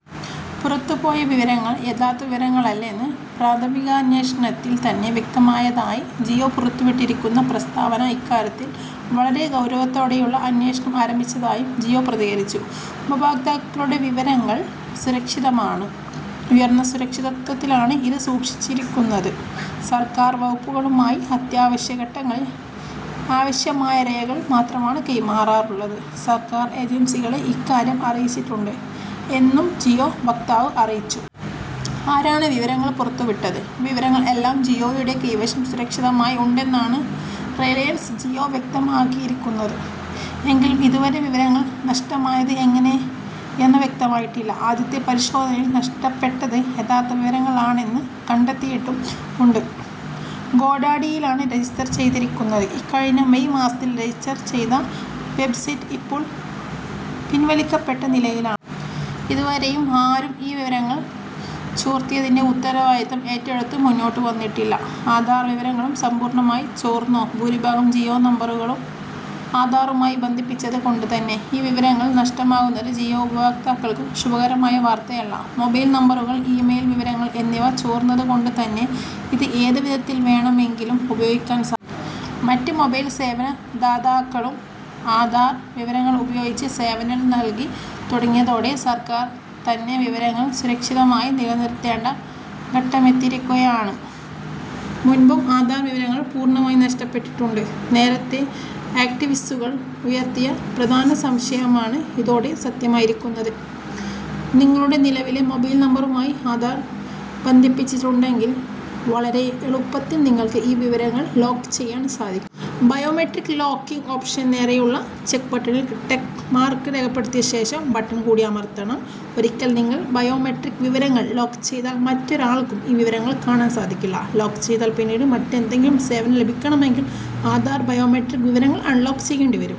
പുറത്തുപോയ വിവരങ്ങൾ യഥാർത്ഥ വിവരങ്ങളല്ലെന്ന് പ്രാഥമികാന്വേഷണത്തിൽ തന്നെ വ്യക്തമായതായി ജിയോ പുറത്തുവിട്ടിരിക്കുന്ന പ്രസ്താവന. ഇക്കാര്യത്തിൽ വളരെ ഗൌരവത്തോടെയുള്ള അന്വേഷണം ആരംഭിച്ചതായും ജിയോ പ്രതികരിച്ചു. "ഉപഭോക്താക്കളുടെ വിവരങ്ങൾ സുരക്ഷിതമാണ്. ഉയർന്ന സുരക്ഷിതത്വത്തിലാണ് ഇത് സൂക്ഷിച്ചിരിക്കുന്നത്. സർക്കാർ വകുപ്പുകളുമായി അത്യാവശ്യ ഘട്ടങ്ങളിൽ ആവശ്യമായ രേഖകൾ മാത്രമാണ് കൈമാറാറുള്ളത്. സർക്കാർ ഏജൻസികളെ ഇക്കാര്യം അറിയിച്ചിട്ടുണ്ട്", എന്നും ജിയോ വക്താവ് അറിയിച്ചു. ആരാണ് വിവരങ്ങൾ പുറത്തുവിട്ടത്? വിവരങ്ങൾ എല്ലാം ജിയോയുടെ കൈവശം സുരക്ഷിതമായി ഉണ്ടെന്നാണ് റിലയൻസ് ജിയോ വ്യക്തമാക്കിയിരിക്കുന്നത്. എങ്കിലും ഇതുവരെ വിവരങ്ങൾ നഷ്ടമായത് എങ്ങിനെയെന്ന് വ്യക്തമായിട്ടില്ല. ആദ്യത്തെ പരിശോധനയിൽ നഷ്ടപ്പെട്ടത് യഥാർത്ഥ വിവരങ്ങളാണെന്ന് കണ്ടെത്തിയിട്ടും ഉണ്ട്. ഗോഡാഡി യിലാണ്. രജിസ്റ്റർ ചെയ്തിരിക്കുന്നത്. ഇക്കഴിഞ്ഞ മെയ് മാസത്തിൽ രജിസ്റ്റർ ചെയ്ത വെബ്സൈറ്റ് ഇപ്പോൾ പിൻവലിക്കപ്പെട്ട നിലയിലാണ്. ഇതുവരെയും ആരും ഈ വിവരങ്ങൾ ചോർത്തിയതിന്റെ ഉത്തരവാദിത്വം ഏറ്റെടുത്ത് മുന്നോട്ട് വന്നിട്ടില്ല. ആധാർ വിവരങ്ങളും സമ്പൂർണ്ണമായി ചോർന്നോ? ഭൂരിഭാഗം ജിയോ നമ്പറുകളും ആധാറുമായി ബന്ധിപ്പിച്ചത് കൊണ്ട് തന്നെ, ഈ വിവരങ്ങൾ നഷ്ടമാകുന്നത് ജിയോ ഉപഭോക്താക്കൾക്കും ശുഭകരമായ വാർത്തയല്ല. മൊബൈൽ നമ്പറുകൾ ഇമെയിൽ വിവരങ്ങൾ എന്നിവ ചോർന്നത് കൊണ്ട് തന്നെ ഇത് ഏത് വിധത്തിൽ വേണമെങ്കിലും ഉപയോഗിക്കാൻ സാധിക്കും. മറ്റ് മൊബൈൽ സേവന ദാതാക്കളും ആധാർ വിവരങ്ങൾ ഉപയോഗിച്ച് സേവനങ്ങൾ നൽകി തുടങ്ങിയതോടെ സർക്കാർ തന്നെ വിവരങ്ങൾ സുരക്ഷിതമായി നിലനിർത്തേണ്ട ഘട്ടമെത്തിയിരിക്കുകയാണ്. മുൻപും ആധാർ വിവരങ്ങൾ പൂർണ്ണമായും നഷ്ടപ്പെട്ടിട്ടുണ്ട്. നേരത്തേ ആക്ടിവിസ്റ്റുകൾ ഉയർത്തിയ പ്രധാന സംശയമാണ് ഇതോടെ സത്യമായിരിക്കുന്നത്. നിങ്ങളുടെ നിലവിലെ മൊബൈൽ നമ്പറുമായി ആധാർ ബന്ധിപ്പിച്ചിട്ടുണ്ടെങ്കിൽ വളരെ എളുപ്പത്തിൽ നിങ്ങൾക്ക് ഈ വിവരങ്ങൾ ലോക്ക് ചെയ്യാൻ സാധിക്കും. ബയോമെട്രിക് ലോക്കിംഗ് ഓപ്ഷന് നേരെയുള്ള ചെക് ബട്ടണിൽ ടിക് മാർക് രേഖപ്പെടുത്തിയ ശേഷം ബട്ടൺ കൂടി അമർത്തണം. ഒരിക്കൽ നിങ്ങൾ ബയോമെട്രിക് വിവരങ്ങൾ ലോക്ക് ചെയ്താൽ മറ്റൊരാൾക്കും ഈ വിവരങ്ങൾ കാണാൻ സാധിക്കില്ല. ലോക് ചെയ്താൽ പിന്നീട് മറ്റെന്തെങ്കിലും സേവനം ലഭിക്കണമെങ്കിൽ ആധാർ ബയോമെട്രിക് വിവരങ്ങൾ അൺലോക് ചെയ്യേണ്ടി വരും.